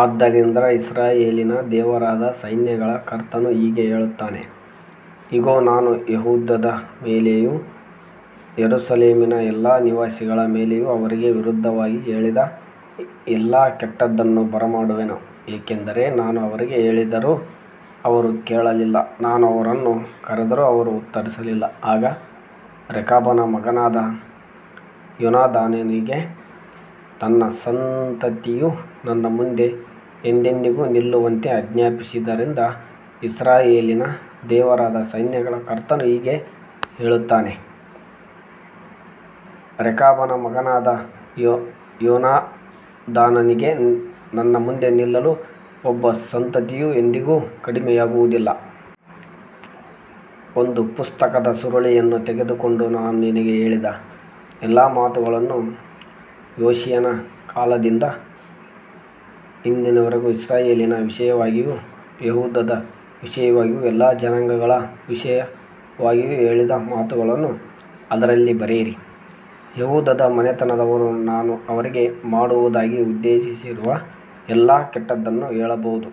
ಆದ್ದರಿಂದ ಇಸ್ರಾಯೇಲಿನ ದೇವರಾದ ಸೈನ್ಯಗಳ ಕರ್ತನು ಹೀಗೆ ಹೇಳುತ್ತಾನೆ, ಇಗೋ, ನಾನು ಯೆಹೂದದ ಮೇಲೆಯೂ ಯೆರೂಸಲೇಮಿನ ಎಲ್ಲಾ ನಿವಾಸಿಗಳ ಮೇಲೆಯೂ ಅವರಿಗೆ ವಿರುದ್ಧವಾಗಿ ಹೇಳಿದ ಎಲ್ಲಾ ಕೆಟ್ಟದ್ದನ್ನು ಬರಮಾಡುವೆನು, ಏಕೆಂದರೆ ನಾನು ಅವರಿಗೆ ಹೇಳಿದ್ದರೂ ಅವರು ಕೇಳಲಿಲ್ಲ, ನಾನು ಅವರನ್ನು ಕರೆದರೂ ಅವರು ಉತ್ತರಿಸಲಿಲ್ಲ. ಆಗ ರೇಕಾಬನ ಮಗನಾದ ಯೋನಾದಾಬನಿಗೆ ತನ್ನ ಸಂತತಿಯು ನನ್ನ ಮುಂದೆ ಎಂದೆಂದಿಗೂ ನಿಲ್ಲುವಂತೆ ಆಜ್ಞಾಪಿಸಿದ್ದರಿಂದ, ಇಸ್ರಾಯೇಲಿನ ದೇವರಾದ ಸೈನ್ಯಗಳ ಕರ್ತನು ಹೀಗೆ ಹೇಳುತ್ತಾನೆ, ರೇಕಾಬನ ಮಗನಾದ ಯೋನಾದಾಬನಿಗೆ ನನ್ನ ಮುಂದೆ ನಿಲ್ಲಲು ಒಬ್ಬ ಸಂತತಿಯು ಎಂದಿಗೂ ಕಡಿಮೆಯಾಗುವುದಿಲ್ಲ. ಒಂದು ಪುಸ್ತಕದ ಸುರುಳಿಯನ್ನು ತೆಗೆದುಕೊಂಡು, ನಾನು ನಿನಗೆ ಹೇಳಿದ ಎಲ್ಲಾ ಮಾತುಗಳನ್ನು, ಯೋಷೀಯನ ಕಾಲದಿಂದ ಇಂದಿನವರೆಗೂ ಇಸ್ರಾಯೇಲಿನ ವಿಷಯವಾಗಿಯೂ ಯೆಹೂದದ ವಿಷಯವಾಗಿಯೂ ಎಲ್ಲಾ ಜನಾಂಗಗಳ ವಿಷಯವಾಗಿಯೂ ಹೇಳಿದ ಮಾತುಗಳನ್ನು ಅದರಲ್ಲಿ ಬರೆಯಿರಿ. ಯೆಹೂದದ ಮನೆತನದವರು ನಾನು ಅವರಿಗೆ ಮಾಡುವುದಾಗಿ ಉದ್ದೇಶಿಸಿರುವ ಎಲ್ಲಾ ಕೆಟ್ಟದ್ದನ್ನು ಕೇಳಬಹುದು,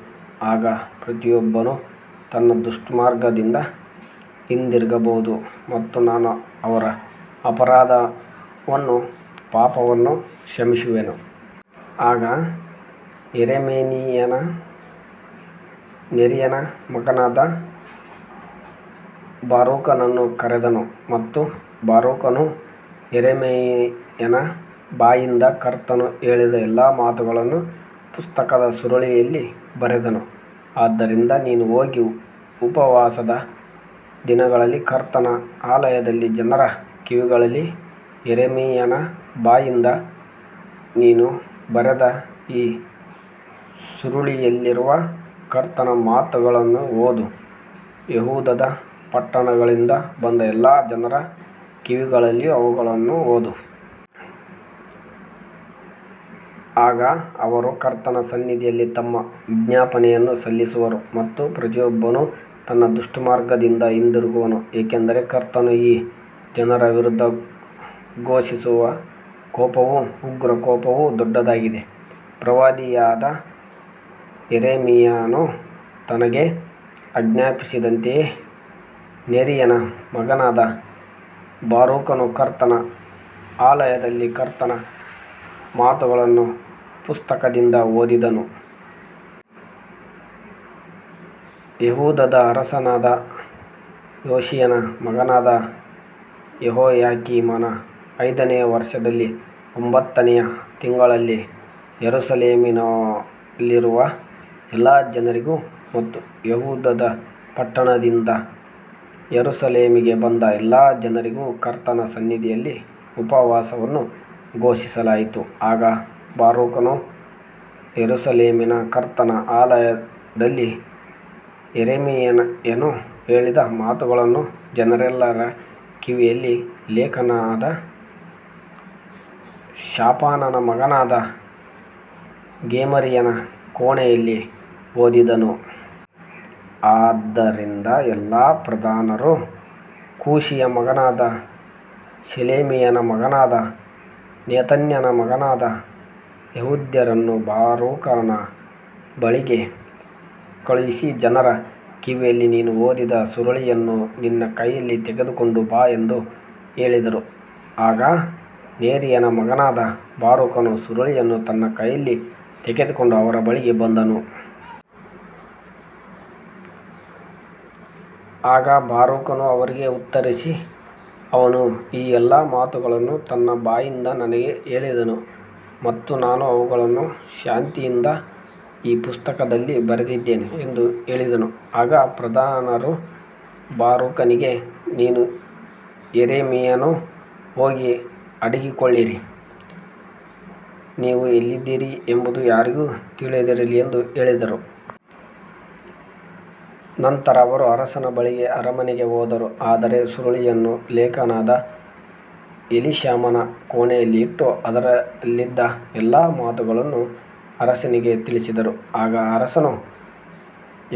ಆಗ ಪ್ರತಿಯೊಬ್ಬನು ತನ್ನ ದುಷ್ಟಮಾರ್ಗದಿಂದ ಹಿಂದಿರುಗಬಹುದು ಮತ್ತು ನಾನು ಅವರ ಅಪರಾಧವನ್ನೂ ಪಾಪವನ್ನೂ ಕ್ಷಮಿಸುವೆನು. ಆಗ ಯೆರೆಮೀಯನು ನೆರೀಯನ ಮಗನಾದ ಬಾರೂಕನನ್ನು ಕರೆದನು, ಮತ್ತು ಬಾರೂಕನು ಯೆರೆಮೀಯನ ಬಾಯಿಂದ ಕರ್ತನು ಹೇಳಿದ ಎಲ್ಲಾ ಮಾತುಗಳನ್ನು ಪುಸ್ತಕದ ಸುರುಳಿಯಲ್ಲಿ ಬರೆದನು. ಆದ್ದರಿಂದ ನೀನು ಹೋಗಿ ಉಪವಾಸದ ದಿನದಲ್ಲಿ ಕರ್ತನ ಆಲಯದಲ್ಲಿ ಜನರ ಕಿವಿಗಳಲ್ಲಿ, ಯೆರೆಮೀಯನ ಬಾಯಿಂದ ನೀನು ಬರೆದ ಈ ಸುರುಳಿಯಲ್ಲಿರುವ ಕರ್ತನ ಮಾತುಗಳನ್ನು ಓದು, ಯೆಹೂದದ ಪಟ್ಟಣಗಳಿಂದ ಬಂದ ಎಲ್ಲಾ ಜನರ ಕಿವಿಗಳಲ್ಲಿಯೂ ಅವುಗಳನ್ನು ಓದು. ಆಗ ಅವರು ಕರ್ತನ ಸನ್ನಿಧಿಯಲ್ಲಿ ತಮ್ಮ ವಿಜ್ಞಾಪನೆಯನ್ನು ಸಲ್ಲಿಸುವರು ಮತ್ತು ಪ್ರತಿಯೊಬ್ಬನು ತನ್ನ ದುಷ್ಟಮಾರ್ಗದಿಂದ ಹಿಂದಿರುಗುವನು, ಏಕೆಂದರೆ ಕರ್ತನು ಈ ಜನರ ವಿರುದ್ಧ ಘೋಷಿಸಿರುವ ಕೋಪವೂ ಉಗ್ರಕೋಪವೂ ದೊಡ್ಡದಾಗಿದೆ. ಪ್ರವಾದಿಯಾದ ಯೆರೆಮೀಯನು ತನಗೆ ಆಜ್ಞಾಪಿಸಿದಂತೆಯೇ ನೆರೀಯನ ಮಗನಾದ ಬಾರೂಕನು ಕರ್ತನ ಆಲಯದಲ್ಲಿ ಕರ್ತನ ಮಾತುಗಳನ್ನು ಪುಸ್ತಕದಿಂದ ಓದಿದನು. ಯೆಹೂದದ ಅರಸನಾದ ಯೋಷೀಯನ ಮಗನಾದ ಯೆಹೋಯಾಕೀಮನ ಐದನೆಯ ವರ್ಷದಲ್ಲಿ ಒಂಬತ್ತನೆಯ ತಿಂಗಳಲ್ಲಿ, ಯೆರೂಸಲೇಮಿನಲ್ಲಿರುವ ಎಲ್ಲಾ ಜನರಿಗೂ ಮತ್ತು ಯೆಹೂದದ ಪಟ್ಟಣಗಳಿಂದ ಯೆರೂಸಲೇಮಿಗೆ ಬಂದ ಎಲ್ಲಾ ಜನರಿಗೂ ಕರ್ತನ ಸನ್ನಿಧಿಯಲ್ಲಿ ಉಪವಾಸವನ್ನು ಘೋಷಿಸಲಾಯಿತು. ಆಗ ಬಾರೂಕನು ಯೆರೂಸಲೇಮಿನ ಕರ್ತನ ಆಲಯದಲ್ಲಿ, ಯೆರೆಮೀಯನು ಹೇಳಿದ ಮಾತುಗಳನ್ನು ಜನರೆಲ್ಲರ ಕಿವಿಯಲ್ಲಿ, ಲೇಖಕನಾದ ಶಾಫಾನನ ಮಗನಾದ ಗೆಮರೀಯನ ಕೋಣೆಯಲ್ಲಿ ಓದಿದನು. ಆದ್ದರಿಂದ ಎಲ್ಲಾ ಪ್ರಧಾನರು ಕೂಶಿಯ ಮಗನಾದ ಶೆಲೆಮೀಯನ ಮಗನಾದ ನೆತನ್ಯನ ಮಗನಾದ ಯೆಹೂದಿಯನ್ನು ಬಾರೂಕನ ಬಳಿಗೆ ಕಳುಹಿಸಿ, ಜನರ ಕಿವಿಯಲ್ಲಿ ನೀನು ಓದಿದ ಸುರುಳಿಯನ್ನು ನಿನ್ನ ಕೈಯಲ್ಲಿ ತೆಗೆದುಕೊಂಡು ಬಾ ಎಂದು ಹೇಳಿದರು. ಆಗ ನೆರೀಯನ ಮಗನಾದ ಬಾರೂಕನು ಸುರುಳಿಯನ್ನು ತನ್ನ ಕೈಯಲ್ಲಿ ತೆಗೆದುಕೊಂಡು ಅವರ ಬಳಿಗೆ ಬಂದನು. ಆಗ ಬಾರೂಕನು ಅವರಿಗೆ ಉತ್ತರಿಸಿ, ಅವನು ಈ ಎಲ್ಲಾ ಮಾತುಗಳನ್ನು ತನ್ನ ಬಾಯಿಂದ ನನಗೆ ಹೇಳಿದನು ಮತ್ತು ನಾನು ಅವುಗಳನ್ನು ಶಾಯಿಯಿಂದ ಈ ಪುಸ್ತಕದಲ್ಲಿ ಬರೆದಿದ್ದೇನೆ ಎಂದು ಹೇಳಿದನು. ಆಗ ಪ್ರಧಾನರು ಬಾರೂಕನಿಗೆ, ನೀನೂ ಯೆರೆಮೀಯನೂ ಹೋಗಿ ಅಡಗಿಕೊಳ್ಳಿರಿ, ನೀವು ಎಲ್ಲಿದ್ದೀರಿ ಎಂಬುದು ಯಾರಿಗೂ ತಿಳಿಯದಿರಲಿ ಎಂದು ಹೇಳಿದರು. ನಂತರ ಅವರು ಅರಸನ ಬಳಿಗೆ ಅರಮನೆಗೆ ಹೋದರು, ಆದರೆ ಸುರುಳಿಯನ್ನು ಲೇಖಕನಾದ ಎಲೀಷಾಮನ ಕೋಣೆಯಲ್ಲಿ ಇಟ್ಟು, ಅದರಲ್ಲಿದ್ದ ಎಲ್ಲಾ ಮಾತುಗಳನ್ನು ಅರಸನಿಗೆ ತಿಳಿಸಿದರು. ಆಗ ಅರಸನು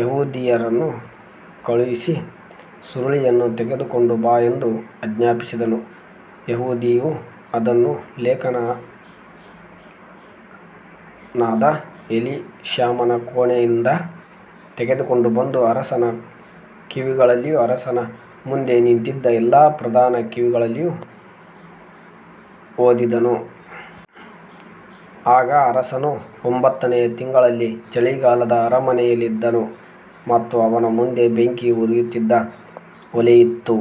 ಯೆಹೂದಿಯನ್ನು ಕಳುಹಿಸಿ, ಸುರುಳಿಯನ್ನು ತೆಗೆದುಕೊಂಡು ಬಾ ಎಂದು ಆಜ್ಞಾಪಿಸಿದನು. ಯೆಹೂದಿಯು ಅದನ್ನು ಲೇಖಕನಾದ ಎಲೀಷಾಮನ ಕೋಣೆಯಿಂದ ತೆಗೆದುಕೊಂಡು ಬಂದು, ಅರಸನ ಕಿವಿಗಳಲ್ಲಿಯೂ ಅರಸನ ಮುಂದೆ ನಿಂತಿದ್ದ ಎಲ್ಲಾ ಪ್ರಧಾನರ ಕಿವಿಗಳಲ್ಲಿಯೂ ಓದಿದನು. ಆಗ ಅರಸನು ಒಂಬತ್ತನೆಯ ತಿಂಗಳಲ್ಲಿ ಚಳಿಗಾಲದ ಅರಮನೆಯಲ್ಲಿದ್ದನು ಮತ್ತು ಅವನ ಮುಂದೆ ಬೆಂಕಿ ಉರಿಯುತ್ತಿದ್ದ ಒಲೆಯಿತ್ತು.